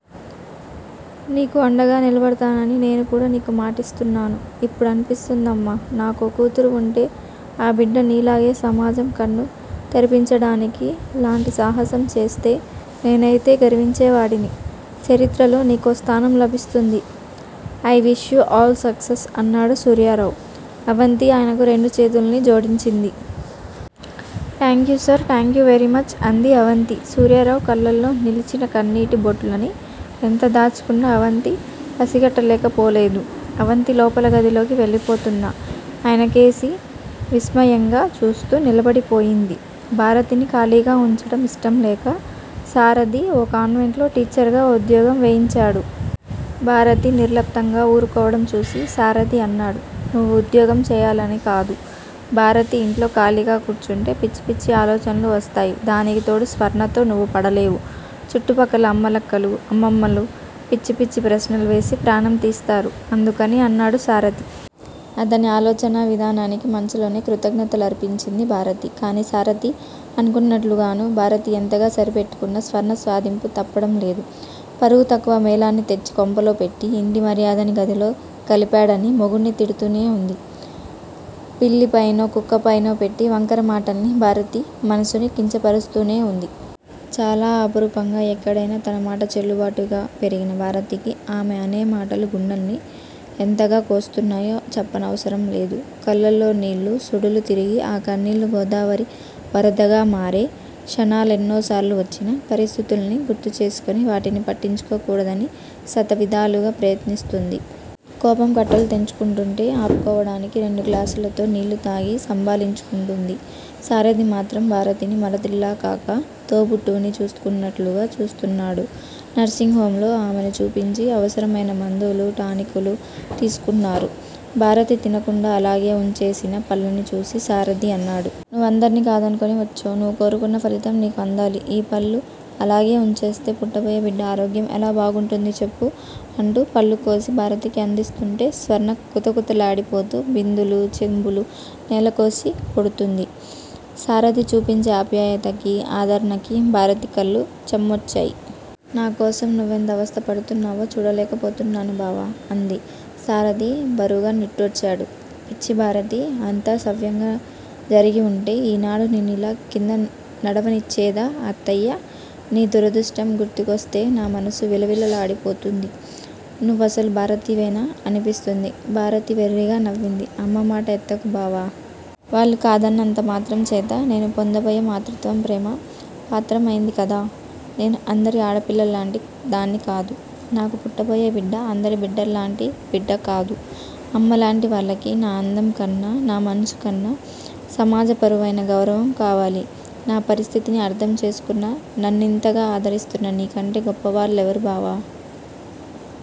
నీకు అండగా నిలబడతానని నేనుకూడా నీకు మాటిస్తున్నాను. ఇప్పుడనిపిస్తోందమ్మా. నాకో కూతురే వుంటే, ఆ బిడ్డ నీలాగే సమాజం కన్ను తెరిపించడానికిలాంటి సాహసం చేస్తే నేనైతే గర్వించేవాడిని. చరిత్రలో నీకో స్థానం లభిస్తుంది. I wish you all success అన్నాడు సూర్యారావు. అవంతి ఆయనకి రెండు చేతులనీ జోడించింది. Thank you sir. థాంక్యూ వేరీమచ్ అంది అవంతి. సూర్యారావు కళ్ళలో నిలచిన కన్నీటి బొట్లని ఎంత దాచుకొన్నా అవంతి పసికట్టకపోలేదు. అవంతి లోపల గదిలోకి వెళ్ళిపోతున్న ఆయనకేసి విస్మయంగా చూస్తూ నిలబడిపోయింది. భారతిని ఖాళీగా వుంచడం ఇష్టంలేక సారధి ఓ కాన్వెంట్ లో టీచర్ గా ఉద్యోగం వేయించాడు. భారతి నిర్లిప్తంగా వూరుకోవడం చూసి సారధి అన్నాడు. నువ్వు ఉద్యోగం చెయ్యాలని కాదు భారతీ! ఇంట్లో ఖాళీగా కూర్చుంటే పిచ్చిపిచ్చి ఆలోచనలు వస్తాయి. దానికితోడు స్వర్ణతో నువ్వు పడలేవు, చుట్టుపక్కల అమ్మలక్కలు, అప్పలమ్మలు పిచ్చి పిచ్చి ప్రశ్నలు వేసి ప్రాణం తీస్తారు. అందుకని అన్నాడు సారధి. అతని ఆలోచనా విధానానికి మనసులోనే కృతజ్ఞతలర్పించింది భారతి. కానీ సారధి అనుకున్నట్టుగానూ, భారతి ఎంతగా సరిపెట్టుకున్నా స్వర్ణ సాధింపు తప్పడం లేదు. పరువు తక్కువ మేళాన్ని తెచ్చికొంపలో పెట్టి ఇంటి మర్యాదని గదిలో కలిపాడని మొగుడ్ని తిడుతూనే వుంది. పిల్లిపైనో కుక్కపైనో పెట్టి వంకర మాటలని భారతి మనసుని కించపరుస్తూనే వుంది. చాలా అపురూపంగా, ఎక్కడయినా తన మాట చెల్లుబాటుగా పెరిగిన భారతికి ఆమె అనే మాటలు గుండెని ఎంతగా కోస్తున్నాయో చెప్పనవసరం లేదు. కళ్ళలో నీళ్ళు సుడులు తిరిగి ఆ కన్నీళ్ళు గోదావరి వరదగా మారే క్షణాలెన్నోసార్లు వచ్చినా, పరిస్థితులని గుర్తుచేసుకొని వాటిని పట్టించుకోకూడదని శతవిధాలుగా ప్రయత్నిస్తోంది. కోపం కట్టలు తెంచుకొంటుంటే ఆపుకోడానికి రెండు గ్లాసులతో నీళ్ళు తాగి సంభాళించుకుంటోంది. సారథి మాత్రం భారతిని మరదలిలాకాక తోబుట్టువుని చూసుకొంటున్నట్టుగా చూస్తున్నాడు. నర్శింగ్ హోమ్ లో ఆమెని చూపించి అవసరమైన మందులు, టానిక్కులు తీసుకొన్నారు. భారతి తినకుండా అలాగే వుంచేసిన పళ్ళని చూసి సారధి అన్నాడు. నువ్వు అందర్నీ కాదనుకుని వచ్చావు. నవ్వు కోరుకున్న ఫలితం నీకు అందాలి. ఈ పళ్ళు అలాగే వుంచేస్తే పుట్టబోయే బిడ్డ ఆరోగ్యం ఎలా బాగుంటుంది చెప్పు అంటూ పళ్ళుకోసి భారతికి అందిస్తుంటే స్వర్ణ కుతకుతలాడిపోతూ బిందెలూ చెంబులూ నేలకేసి కొడుతోంది. సారధి చూపించే ఆప్యాయతకీ, ఆదరణకీ భారతి కళ్ళు చెమర్చాయి. నాకోసం నువ్వెంత అవస్థపడుతున్నావో చూడలేకపోతున్నాను బావ! అంది. సారధి బరువుగా నిట్టూర్చాడు. పిచ్చి భారతీ, అంతా సవ్యంగా జరిగివుంటే ఈనాడు నిన్నిలా కిందనడవనిచ్చేదా అత్తయ్య? నీ దురదృష్టం గుర్తుకొస్తే నా మనసు విలవిల్లాడిపోతుంది. నువ్వు అసలు భారతివేనా? అనిపిస్తోంది! భారతి వెర్రిగా నవ్వింది. అమ్మ మాట ఎత్తకు బావా! వాళ్ళు కాదన్నంతమాత్రంచేత నేను పొందబోయే మాతృత్వం ప్రేమ పాత్రమైందికాదా? నేను అందరి ఆడపిల్లలలాంటి దాన్ని కాదా? నాకు పుట్టబోయే బిడ్డ అందరి బిడ్డలాంటి బిడ్డ కాదా? అమ్మలాంటి వాళ్ళకి నా ఆనందం కన్నా, నా మనసుకన్నా సమాజపరమైన గౌరవం కావాలి! నా పరిస్థితిని అర్థం చేసుకుని నన్నింతగా ఆదరిస్తున్న నీకంటే గొప్పవాళ్ళెవరు బావా!